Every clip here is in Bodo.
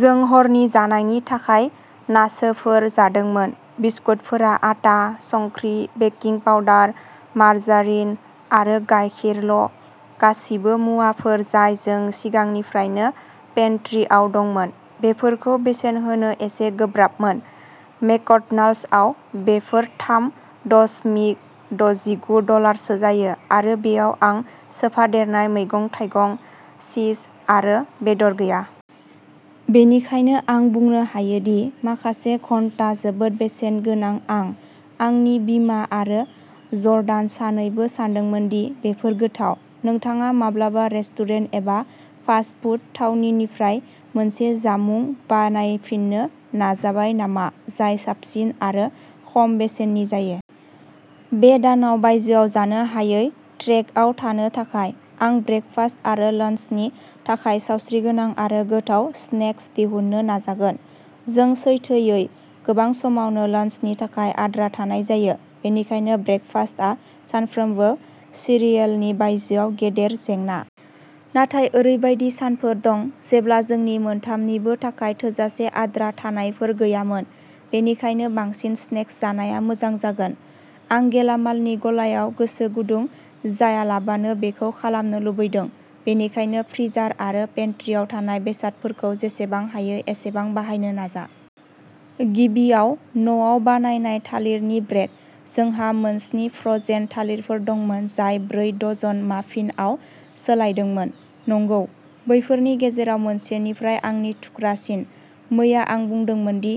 जों हरनि जानायनि थाखाय नाचोफोर जादोंमोन। बिस्कुटफोरा आटा, संख्रि, बेकिं पाउडार, मार्जारिन आरो गायखेरल'- गासिबो मुवाफोर जाय जों सिगांनिफ्रायनो पेन्ट्रीआव दंमोन, बेफोरखौ बेसेन होनो एसे गोब्राबमोन। मेकड'नाल्ड्सआव बेफोर थाम दशमिक दजिगु डलारसो जायो आरो बेयाव आं सोफादेरनाय मैगं-थाइगं चीज आरो बेदर गैया। बेनिखायनो आं बुंनो हायो दि माखासे घन्टा जोबोद बेसेन गोनां आं, आंनि बिमा आरो जर्डान सानैबो सानदोंमोन दि बेफोर गोथाव। नोंथाङा माब्लाबा रेस्टुरेन्ट एबा फास्ट फुड थावनिनिफ्राय मोनसे जामुं बानायफिननो नाजाबाय नामा जाय साबसिन आरो खम बेसेननि जायो? बे दानाव बायजोआव जानो हायै ट्रेकआव थानो थाखाय, आं ब्रेकफास्ट आरो लञ्चनि थाखाय सावस्रिगोनां आरो गोथाव स्नेक्स दिहुननो नाजागोन। जों सैथोयै, गोबां समावनो लञ्चनि थाखाय आद्रा थानाय जायो, बेनिखायनो ब्रेकफास्टआ सानफ्रोमबो सिरियेलनि बायजोआव गेदेर जेंना। नाथाय ओरैबायदि सानफोर दं जेब्ला जोंनि मोनथामनिबो थाखाय थोजासे आद्रा थानायफोर गैयामोन बेनिखायनो बांसिन स्नेक्स जानाया मोजां जागोन। आं गेलामालनि गलायाव गोसो गुदुं जायालाबानो बेखौ खालामनो लुबैदोंबेनिखायनो फ्रिजार आरो पेन्ट्रीआव थानाय बेसादफोरखौ जेसेबां हायो एसेबां बाहायनो नाजा। गिबियाव न'आव बानायनाय थालिरनि ब्रेड। जोंहा मोन स्नि फ्र'जेन थालिरफोर दंमोन जाय ब्रै दजन माफिनआव सोलायदोंमोन। नंगौ, बैफोरनि गेजेराव मोनसेनिफ्राय आंनि थुख्रा सिन। मैया आं बुंदोंमोन दि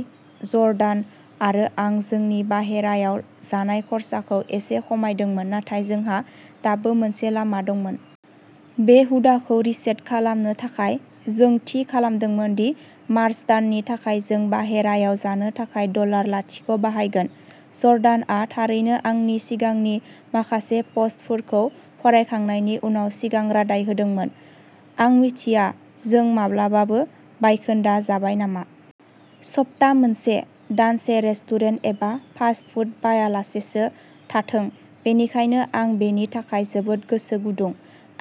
जर्डान आरो आं जोंनि बाहेरायाव जानाय खरसाखौ एसे खमायदोंमोन नाथाय जोंहा दाबो मोनसे लामा दंमोन। बे हुदाखौ'रिसेट'खालामनो थाखाय जों थि खालामदों दि मार्च दाननि थाखाय जों बाहेरायाव जानो थाखाय डलार लाथिख बाहायगोन। जर्डानआ थारैनो आंनि सिगांनि माखासे पस्टफोरखौ फरायखांनायनि उनाव सिगां रादाय होदोंमोन। आं मिथिया जों माब्लाबाबो बायखोन्दा जाबाय नामा। सप्ता मोनसे, दानसे रेस्टुरेन्ट एबा फास्ट फुड बायालासेसो थाथों, बेनिखायनो आं बेनि थाखाय जोबोद गोसो गुदुं।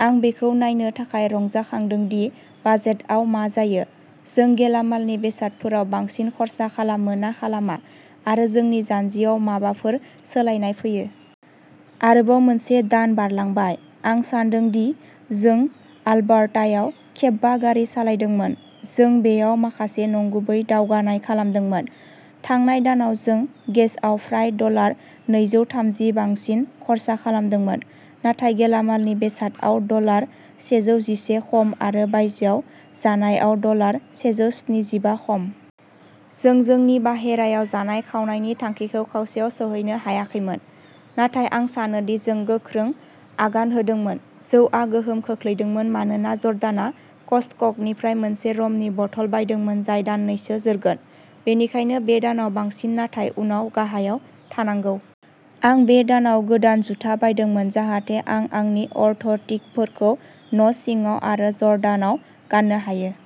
आं बेखौ नायनो थाखाय रंजाखांदों दि बाजेटआव मा जायो। जों गेलामालनि बेसादफोराव बांसिन खर्सा खालामो ना खालामा आरो जोंनि जान्जियाव माबाफोर सोलायनाय फैयो। आरोबाव मोनसे दान बारलांबाय। आं सानदों दि जों आलबार्तायाव खेबबा गारि सालायदोंमोन। जों बेयाव माखासे नंगुबै दावगानाय खालामदोंमोन। थांनाय दानाव जों गेसआव फ्राय डलार नैजौथामजि बांसिन खर्सा खालामदोंमोन। नाथाय गेलामालनि बेसादआव डलार सेजौजिसे खम आरो बायजोआव जानायआव डलार सेजौस्निजिबा खम। जों जोंनि बाहेरायाव जानाय खावनायनि थांखिखौ खावसेआव सौहैनो हायाखैमोन, नाथाय आं सानोदि जों गोख्रों आगान होदोंमोन। जौआ गोहोम खोख्लैदोंमोन मानोना जर्डाना कस्टक'निफ्राय मोनसे रमनि बथल बायदोंमोन जाय दाननैसो जोरगोन बेनिखायनो बे दानाव बांसिन नाथाय उनाव गाहायाव थानांगौ। आं बे दानाव गोदान जुथा बायदोंमोन जाहाथे आं आंनि अर्थ'टिकफोरखौ न'सिङाव आरो जर्डानाव गान्नो हायो।